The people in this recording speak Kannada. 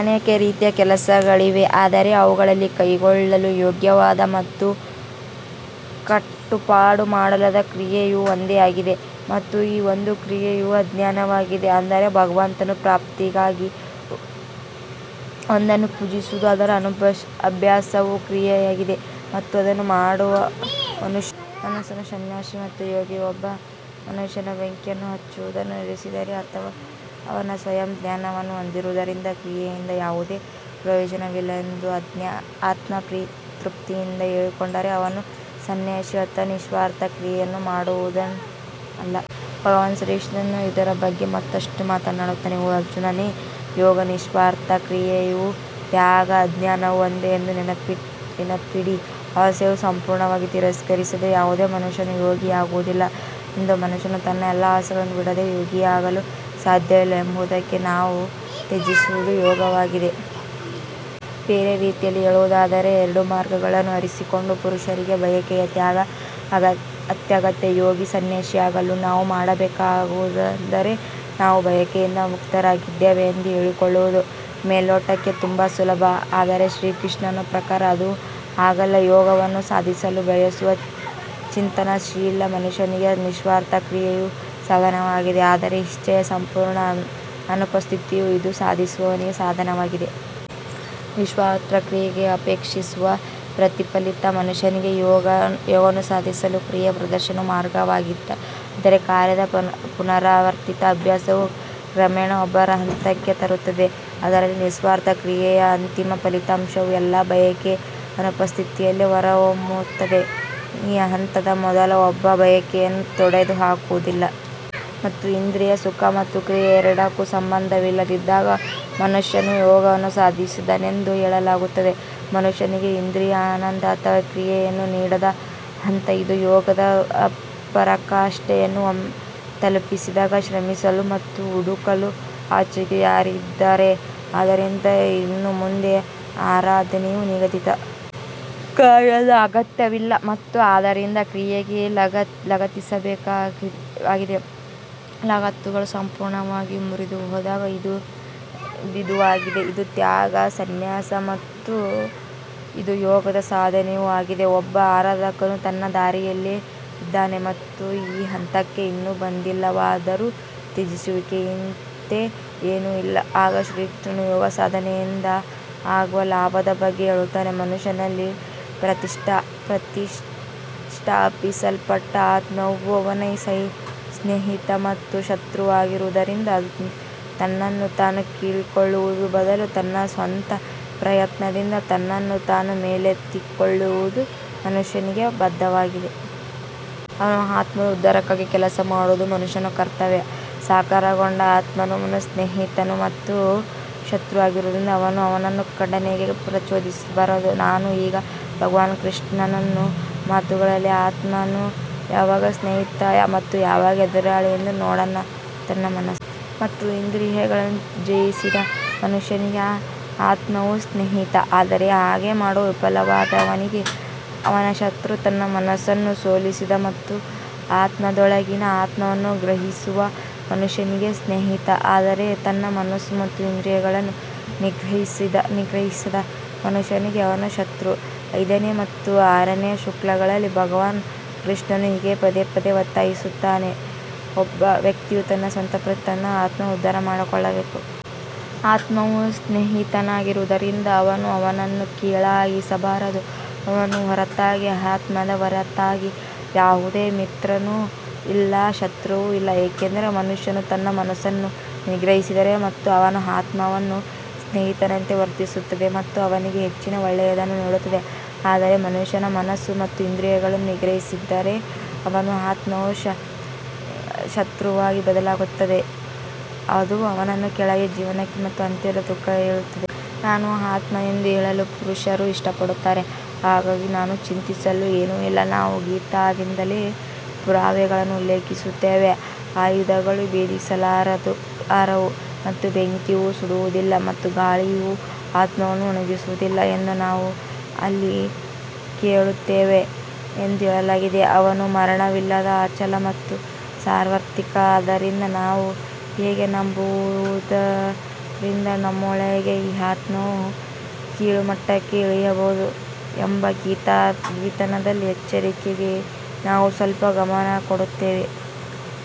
ಅನೇಕ ರೀತಿಯ ಕೆಲಸಗಳಿವೆ ಆದರೆ ಅವುಗಳಲ್ಲಿ ಕೈಗೊಳ್ಳಲು ಯೋಗ್ಯವಾದ ಮತ್ತು ಕಟ್ಟುಪಾಡು ಮಾಡಲಾದ ಕ್ರಿಯೆಯು ಒಂದೇ ಆಗಿದೆ. ಮತ್ತು ಈ ಒಂದು ಕ್ರಿಯೆಯು ಯಜ್ಞವಾಗಿದೆ ಅಂದರೆ ಭಗವಂತನ ಪ್ರಾಪ್ತಿಗಾಗಿ ಒಂದನ್ನು ಪೂಜಿಸುವುದು ಅದರ ಅಭ್ಯಾಸವು ಕ್ರಿಯೆಯಾಗಿದೆ ಮತ್ತು ಅದನ್ನು ಮಾಡುವ ಮನುಷ್ಯನು ಸನ್ಯಾಸಿ ಮತ್ತು ಯೋಗಿ ಒಬ್ಬ ಮನುಷ್ಯನು ಬೆಂಕಿಯನ್ನು ಹಚ್ಚುವುದನ್ನು ನಿಲ್ಲಿಸಿದರೆ ಅಥವಾ ಅವನು ಸ್ವಯಂ ಜ್ಞಾನವನ್ನು ಹೊಂದಿರುವುದರಿಂದ ಕ್ರಿಯೆಯಿಂದ ಯಾವುದೇ ಪ್ರಯೋಜನವಿಲ್ಲ ಎಂದು ಆತ್ಮತೃಪ್ತಿಯಿಂದ ಹೇಳಿಕೊಂಡರೆ ಅವನು ಸನ್ಯಾಸಿ ಅಥವಾ ನಿಸ್ವಾರ್ಥ ಕ್ರಿಯೆಯನ್ನು ಮಾಡುವವನೂ ಅಲ್ಲ. ಭಗವಾನ್ ಶ್ರೀಕೃಷ್ಣನು ಇದರ ಬಗ್ಗೆ ಮತ್ತಷ್ಟು ಮಾತನಾಡುತ್ತಾನೆ ಓ ಅರ್ಜುನನೇ, ಯೋಗ ನಿಸ್ವಾರ್ಥ ಕ್ರಿಯೆಯು ತ್ಯಾಗ ಜ್ಞಾನವು ಒಂದೇ ಎಂದು ನೆನಪಿಡಿ, ಆಸೆಯನ್ನು ಸಂಪೂರ್ಣವಾಗಿ ತಿರಸ್ಕರಿಸದೆ ಯಾವುದೇ ಮನುಷ್ಯನು ಯೋಗಿಯಾಗುವುದಿಲ್ಲ. ಯಾವ ಮನುಷ್ಯನು ತನ್ನ ಎಲ್ಲಾ ಆಸೆಗಳನ್ನು ಬಿಡದೆ ಯೋಗಿಯಾಗಲು ಸಾಧ್ಯವಿಲ್ಲ ಎಂಬುದಕ್ಕೆ ನಾವು ತ್ಯಜಿಸುವುದು ಯೋಗವಾಗಿದೆ. ಬೇರೆ ರೀತಿಯಲ್ಲಿ ಹೇಳುವುದಾದರೆ, ಎರಡೂ ಮಾರ್ಗಗಳನ್ನು ಆರಿಸಿಕೊಂಡ ಪುರುಷರಿಗೆ ಬಯಕೆಯ ತ್ಯಾಗ ಅತ್ಯಗತ್ಯ ಯೋಗಿ ಸನ್ಯಾಸಿಯಾಗಲು ನಾವು ಮಾಡಬೇಕಾದುದೆಂದರೆ ನಾವು ಬಯಕೆಯಿಂದ ಮುಕ್ತರಾಗಿದ್ದೇವೆ ಎಂದು ಹೇಳಿಕೊಳ್ಳುವುದು ಮೇಲ್ನೋಟಕ್ಕೆ ತುಂಬಾ ಸುಲಭ. ಆದರೆ ಶ್ರೀಕೃಷ್ಣನ ಪ್ರಕಾರ ಅದು ಹಾಗಲ್ಲ ಯೋಗವನ್ನು ಸಾಧಿಸಲು ಬಯಸುವ ಚಿಂತನಶೀಲ ಮನುಷ್ಯನಿಗೆ ನಿಸ್ವಾರ್ಥ ಕ್ರಿಯೆಯು ಸಾಧನವಾಗಿದೆ, ಆದರೆ ಇಚ್ಛೆಯ ಸಂಪೂರ್ಣ ಅನುಪಸ್ಥಿತಿಯು ಅದನ್ನು ಸಾಧಿಸಿದವನಿಗೆ ಸಾಧನವಾಗಿದೆ. ನಿಸ್ವಾರ್ಥ ಕ್ರಿಯೆಗೆ ಅಪೇಕ್ಷಿಸುವ ಪ್ರತಿಫಲಿತ ಮನುಷ್ಯನಿಗೆ ಯೋಗವನ್ನು ಸಾಧಿಸಲು ಕ್ರಿಯೆಯ ಪ್ರದರ್ಶನವು ಮಾರ್ಗವಾಗಿದೆ ಆದರೆ ಕಾರ್ಯದ ಪುನರಾವರ್ತಿತ ಅಭ್ಯಾಸವು ಕ್ರಮೇಣ ಒಬ್ಬನನ್ನು ಹಂತಕ್ಕೆ ತರುತ್ತದೆ, ಅದರಲ್ಲಿ ನಿಸ್ವಾರ್ಥ ಕ್ರಿಯೆಯ ಅಂತಿಮ ಫಲಿತಾಂಶವು ಎಲ್ಲಾ ಬಯಕೆಯ ಅನುಪಸ್ಥಿತಿಯಲ್ಲಿ ಹೊರಹೊಮ್ಮುತ್ತದೆ ಈ ಹಂತದ ಮೊದಲು ಒಬ್ಬರು ಬಯಕೆಯನ್ನು ತೊಡೆದುಹಾಕುವುದಿಲ್ಲ ಮತ್ತು ಇಂದ್ರಿಯ ಸುಖ ಮತ್ತು ಕ್ರಿಯೆ ಎರಡಕ್ಕೂ ಸಂಬಂಧವಿಲ್ಲದಿದ್ದಾಗ ಮನುಷ್ಯನು ಯೋಗವನ್ನು ಸಾಧಿಸಿದನೆಂದು ಹೇಳಲಾಗುತ್ತದೆ ಮನುಷ್ಯನಿಗೆ ಇಂದ್ರಿಯ ಆನಂದ ಅಥವಾ ಕ್ರಿಯೆಯನ್ನು ನೀಡದ ಹಂತ ಇದು ಯೋಗದ ಪರಾಕಾಷ್ಠೆಯನ್ನು ಒಮ್ಮೆ ತಲುಪಿದಾಗ, ಶ್ರಮಿಸಲು ಮತ್ತು ಹುಡುಕಲು ಆಚೆಗೆ ಯಾರಿದ್ದಾರೆ ಆದ್ದರಿಂದ ಇನ್ನು ಮುಂದೆ ಆರಾಧನೆಯ ನಿಗದಿತ ಕಾರ್ಯದ ಅಗತ್ಯವಿಲ್ಲ ಮತ್ತು ಆದ್ದರಿಂದ ಕ್ರಿಯೆಗೆ ಲಗತ್ತಿಸಬೇಕಾಗಿದೆ ಲಗತ್ತುಗಳು ಸಂಪೂರ್ಣವಾಗಿ ಮುರಿದುಹೋದಾಗ ಇದು ಬಿಂದುವಾಗಿದೆ ಇದು ತ್ಯಾಗ ಸನ್ಯಾಸ ಮತ್ತು ಇದು ಯೋಗದ ಸಾಧನೆಯೂ ಆಗಿದೆ ಒಬ್ಬ ಆರಾಧಕನು ತನ್ನ ದಾರಿಯಲ್ಲಿಯೇ ಇದ್ದಾನೆ ಮತ್ತು ಈ ಹಂತಕ್ಕೆ ಇನ್ನೂ ಬಂದಿಲ್ಲವಾದರೂ, ತ್ಯಜಿಸುವಿಕೆಯಂತೆ ಏನೂ ಇಲ್ಲ ಆಗ ಶ್ರೀಕೃಷ್ಣನು ಯೋಗ ಸಾಧನೆಯಿಂದ ಆಗುವ ಲಾಭದ ಬಗ್ಗೆ ಹೇಳುತ್ತಾನೆ ಮನುಷ್ಯನಲ್ಲಿ ಪ್ರತಿಷ್ಠಾಪಿಸಲ್ಪಟ್ಟ ಆತ್ಮವು ಅವನ ಸ್ನೇಹಿತ ಮತ್ತು ಶತ್ರುವಾಗಿರುವುದರಿಂದ ಅದು ತನ್ನನ್ನು ತಾನು ಕೀಳಿಸಿಕೊಳ್ಳುವ ಬದಲು ತನ್ನ ಸ್ವಂತ ಪ್ರಯತ್ನದಿಂದ ತನ್ನನ್ನು ತಾನು ಮೇಲಕ್ಕೆತ್ತಿಕೊಳ್ಳುವುದು ಮನುಷ್ಯನಿಗೆ ಬದ್ಧವಾಗಿದೆ. ಅವನ ಆತ್ಮದ ಉದ್ಧಾರಕ್ಕಾಗಿ ಕೆಲಸ ಮಾಡುವುದು ಮನುಷ್ಯನ ಕರ್ತವ್ಯ ಸಾಕಾರಗೊಂಡ ಆತ್ಮವು ಅವನ ಸ್ನೇಹಿತ ಮತ್ತು ಶತ್ರು ಆಗಿರುವುದರಿಂದ ಅವನು ಅವನನ್ನು ಖಂಡನೆಗೆ ಪ್ರಚೋದಿಸಬಾರದು ನಾವು ಈಗ ಭಗವಾನ್ ಕೃಷ್ಣನ ಮಾತುಗಳಲ್ಲಿ ಆತ್ಮವು ಯಾವಾಗ ಸ್ನೇಹಿತ ಮತ್ತು ಯಾವಾಗ ಎದುರಾಳಿ ಎಂದು ನೋಡೋಣ ತನ್ನ ಮನಸ್ಸು ಮತ್ತು ಇಂದ್ರಿಯಗಳನ್ನು ಜಯಿಸಿದ ಮನುಷ್ಯನಿಗೆ ಆತ್ಮವು ಸ್ನೇಹಿತ ಆದರೆ ಹಾಗೆ ಮಾಡಲು ವಿಫಲವಾದವನಿಗೆ ಅವನು ಶತ್ರು ತನ್ನ ಮನಸ್ಸನ್ನು ಸೋಲಿಸಿದ ಮತ್ತು ಆತ್ಮದೊಳಗಿನ ಆತ್ಮವನ್ನು ಗ್ರಹಿಸುವ ಮನುಷ್ಯನಿಗೆ ಸ್ನೇಹಿತ ಆದರೆ ತನ್ನ ಮನಸ್ಸು ಮತ್ತು ಇಂದ್ರಿಯಗಳನ್ನು ನಿಗ್ರಹಿಸದ ಮನುಷ್ಯನಿಗೆ ಅವನು ಶತ್ರು ಐದನೇ ಮತ್ತು ಆರನೇ ಶ್ಲೋಕಗಳಲ್ಲಿ ಭಗವಾನ್ ಕೃಷ್ಣನು ಹೀಗೆ ಪದೇ ಪದೇ ಒತ್ತಾಯಿಸುತ್ತಾನೆ, ಒಬ್ಬ ವ್ಯಕ್ತಿಯು ತನ್ನ ಸ್ವಂತ ಪ್ರಯತ್ನದಿಂದ ತನ್ನ ಆತ್ಮವನ್ನು ಉದ್ಧಾರ ಮಾಡಿಕೊಳ್ಳಬೇಕು. ಆತ್ಮವು ಸ್ನೇಹಿತನಾಗಿರುವುದರಿಂದ ಅವನು ಅವನನ್ನು ಕೀಳಾಗಿಸಬಾರದು ಅವನ ಹೊರತಾಗಿ ಆತ್ಮದ ಹೊರತಾಗಿ ಯಾವುದೇ ಮಿತ್ರನೂ ಇಲ್ಲ, ಶತ್ರುವೂ ಇಲ್ಲ ಏಕೆಂದರೆ ಮನುಷ್ಯನು ತನ್ನ ಮನಸ್ಸನ್ನು ನಿಗ್ರಹಿಸಿದರೆ ಮತ್ತು ಅವನ ಆತ್ಮವು ಸ್ನೇಹಿತನಂತೆ ವರ್ತಿಸುತ್ತದೆ ಮತ್ತು ಅವನಿಗೆ ಹೆಚ್ಚಿನ ಒಳ್ಳೆಯದನ್ನು ನೀಡುತ್ತದೆ ಆದರೆ ಮನುಷ್ಯನ ಮನಸ್ಸು ಮತ್ತು ಇಂದ್ರಿಯಗಳನ್ನು ನಿಗ್ರಹಿಸದಿದ್ದರೆ, ಅವನ ಆತ್ಮವು ಶತ್ರುವಾಗಿ ಬದಲಾಗುತ್ತದೆ, ಅದು ಅವನನ್ನು ಕೆಳ ಜೀವನಕ್ಕೆ ಮತ್ತು ಅಂತ್ಯವಿಲ್ಲದ ದುಃಖಕ್ಕೆ ಎಳೆಯುತ್ತದೆ. ನಾನು ಆತ್ಮ ಎಂದು ಹೇಳಲು ಪುರುಷರು ಇಷ್ಟಪಡುತ್ತಾರೆ ಹಾಗಾಗಿ ನಾವು ಚಿಂತಿಸಲು ಏನೂ ಇಲ್ಲ ನಾವು ಗೀತಾದಿಂದಲೇ ಪುರಾವೆಗಳನ್ನು ಉಲ್ಲೇಖಿಸುತ್ತೇವೆ ಆಯುಧಗಳು ಭೇದಿಸಲಾರವು ಮತ್ತು ಬೆಂಕಿಯು ಸುಡುವುದಿಲ್ಲ ಮತ್ತು ಗಾಳಿಯು ಆತ್ಮವನ್ನು ಒಣಗಿಸುವುದಿಲ್ಲ ಎಂದು ನಾವು ಅಲ್ಲಿ ಕೇಳುತ್ತೇವೆ ಎಂದು ಹೇಳಲಾಗಿದೆ ಅವನು ಮರಣವಿಲ್ಲದ ಅಚಲ ಮತ್ತು ಸಾರ್ವತ್ರಿಕ ಆದ್ದರಿಂದ ನಾನು ಹಾಗೆ ನಂಬುವುದರಿಂದ ನಮ್ಮೊಳಗಿನ ಈ ಆತ್ಮವು ಕೀಳು ಮಟ್ಟಕ್ಕೆ ಇಳಿಯಬಹುದು ಎಂಬ ಗೀತಾದಲ್ಲಿನ ಎಚ್ಚರಿಕೆಗೆ ನಾವು ಸ್ವಲ್ಪ ಗಮನ ಕೊಡುತ್ತೇವೆ.